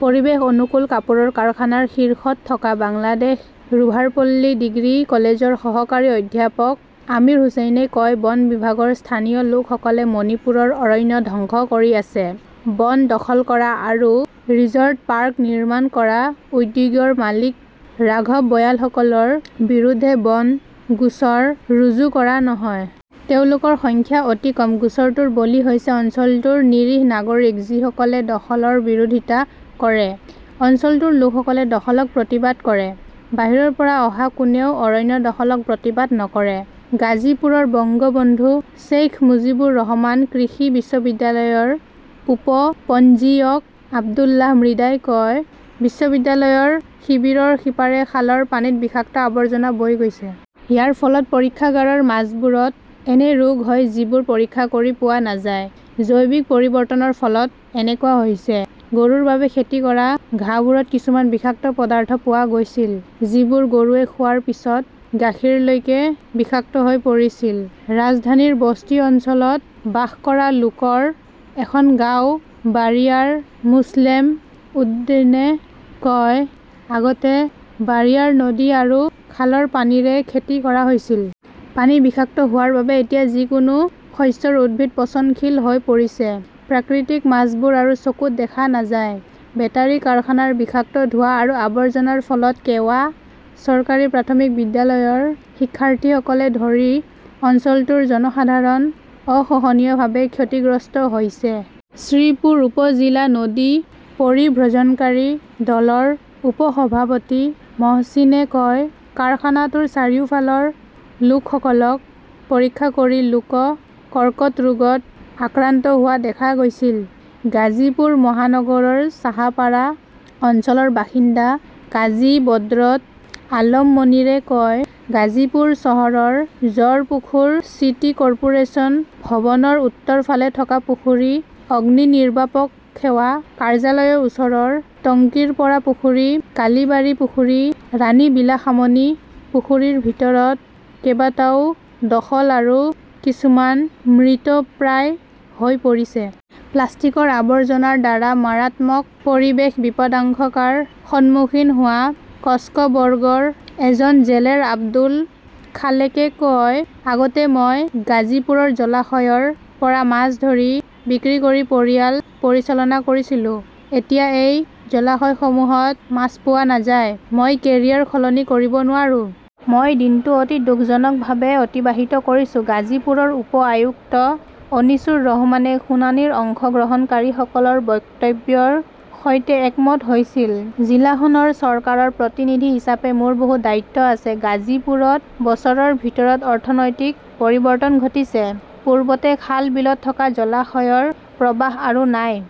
পৰিৱেশ অনুকূল কাপোৰৰ কাৰখানাৰ শীৰ্ষত থকা বাংলাদেশ ৰোভাৰপল্লী ডিগ্ৰী কলেজৰ সহকাৰী অধ্যাপক আমিৰ হুচেইনে কয় বন বিভাগৰ স্থানীয় লোকসকলে মণিপুৰৰ অৰণ্য ধ্বংস কৰি আছে। বন দখল কৰা আৰু ৰিজৰ্ট পাৰ্ক নিৰ্মাণ কৰা উদ্যোগৰ মালিক ৰাঘব বয়ালসকলৰ বিৰুদ্ধে বন গোচৰ ৰুজু কৰা নহয়। তেওঁলোকৰ সংখ্যা অতি কম। গোচৰটোৰ বলি হৈছে অঞ্চলটোৰ নিৰীহ নাগৰিক যিসকলে দখলৰ বিৰোধিতা কৰে। অঞ্চলটোৰ লোকসকলে দখলক প্ৰতিবাদ কৰে, বাহিৰৰ পৰা অহা কোনেও অৰণ্য দখলক প্ৰতিবাদ নকৰে। গাজীপুৰৰ বঙ্গবন্ধু শ্বেইখ মুজিবুৰ ৰহমান কৃষি বিশ্ববিদ্যালয়ৰ উপ-পঞ্জীয়ক আব্দুল্লাহ মৃধাই কয়, বিশ্ববিদ্যালয়ৰ শিবিৰৰ সিপাৰে খালৰ পানীত বিষাক্ত আৱৰ্জনা বৈ গৈছে। ইয়াৰ ফলত পৰীক্ষাগাৰৰ মাছবোৰত এনে ৰোগ হয় যিবোৰ পৰীক্ষা কৰি পোৱা নাযায়। জৈৱিক পৰিৱৰ্তনৰ ফলত এনেকুৱা হৈছে। গৰুৰ বাবে খেতি কৰা ঘাঁহবোৰত কিছুমান বিষাক্ত পদাৰ্থ পোৱা গৈছিল যিবোৰ গৰুৱে খোৱাৰ পিছত গাখীৰলৈকে বিষাক্ত হৈ পৰিছিল, ৰাজধানীৰ বস্তি অঞ্চলত বাস কৰা লোকৰ এখন গাঁও বাৰিয়াৰ মোছলেম উদ্দীনে কয়, আগতে বাৰিয়াৰ নদী আৰু খালৰ পানীৰে খেতি কৰা হৈছিল। পানী বিষাক্ত হোৱাৰ বাবে এতিয়া যিকোনো শস্যৰ উদ্ভিদ পচনশীল হৈ পৰিছে। প্ৰাকৃতিক মাছবোৰ আৰু চকুত দেখা নাযায়। বেটাৰী কাৰখানাৰ বিষাক্ত ধোৱা আৰু আৱৰ্জনাৰ ফলত কেৱা চৰকাৰী প্ৰাথমিক বিদ্যালয়ৰ শিক্ষাৰ্থীসকলকে ধৰি অঞ্চলটোৰ জনসাধাৰণ অসহনীয়ভাৱে ক্ষতিগ্ৰস্ত হৈছে। শ্ৰীপুৰ উপ-জিলা নদী পৰিভ্ৰজনকাৰী দলৰ উপ-সভাপতি মহচিনে কয়, কাৰখানাটোৰ চাৰিওফালৰ লোকসকলক পৰীক্ষা কৰি লোক কৰ্কট ৰোগত আক্ৰান্ত হোৱা দেখা গৈছিল। গাজীপুৰ মহানগৰৰ চাহাপাৰা অঞ্চলৰ বাসিন্দা কাজি বদ্ৰত আলম মনিৰে কয়, গাজীপুৰ চহৰৰ জৰপুখুৰ, চিটি কৰ্পোৰেচন ভৱনৰ উত্তৰ ফালে থকা পুখুৰী, অগ্নিনিৰ্বাপক সেৱা কাৰ্যালয়ৰ ওচৰৰ টঙ্কিৰপৰা পুখুৰী, কালিবাৰী পুখুৰী, ৰাণী বিলাসামণি পুখুৰীৰ ভিতৰত কেইবাটাও দখল আৰু কিছুমান মৃতপ্ৰায় হৈ পৰিছে। প্লাষ্টিকৰ আৱৰ্জনাৰ দ্বাৰা মাৰাত্মক পৰিৱেশ বিপদাশংকাৰ সন্মুখীন হোৱা কক্সবৰ্গৰ এজন জেলেৰ আব্দুল খালেকে কয়, আগতে মই গাজীপুৰৰ জলাশয়ৰ পৰা মাছ ধৰি বিক্ৰী কৰি পৰিয়াল পৰিচালনা কৰিছিলোঁ। এতিয়া এই জলাশয়সমূহত মাছ পোৱা নাযায়। মই কেৰিয়াৰ সলনি কৰিব নোৱাৰো। মই দিনটো অতি দুখজনকভাৱে অতিবাহিত কৰিছোঁ ।গাজীপুৰৰ উপ-আয়ুক্ত অনিছুৰ ৰহমানে শুনানিৰ অংশগ্ৰহণকাৰীসকলৰ বক্তব্যৰ সৈতে একমত হৈছিল। জিলাখনৰ চৰকাৰৰ প্ৰতিনিধি হিচাপে মোৰ বহুত দায়িত্ব আছে। গাজীপুৰত বছৰৰ ভিতৰত অৰ্থনৈতিক পৰিৱৰ্তন ঘটিছে। পূৰ্বতে খাল- বিলত থকা জলাশয়ৰ প্ৰবাহ আৰু নাই।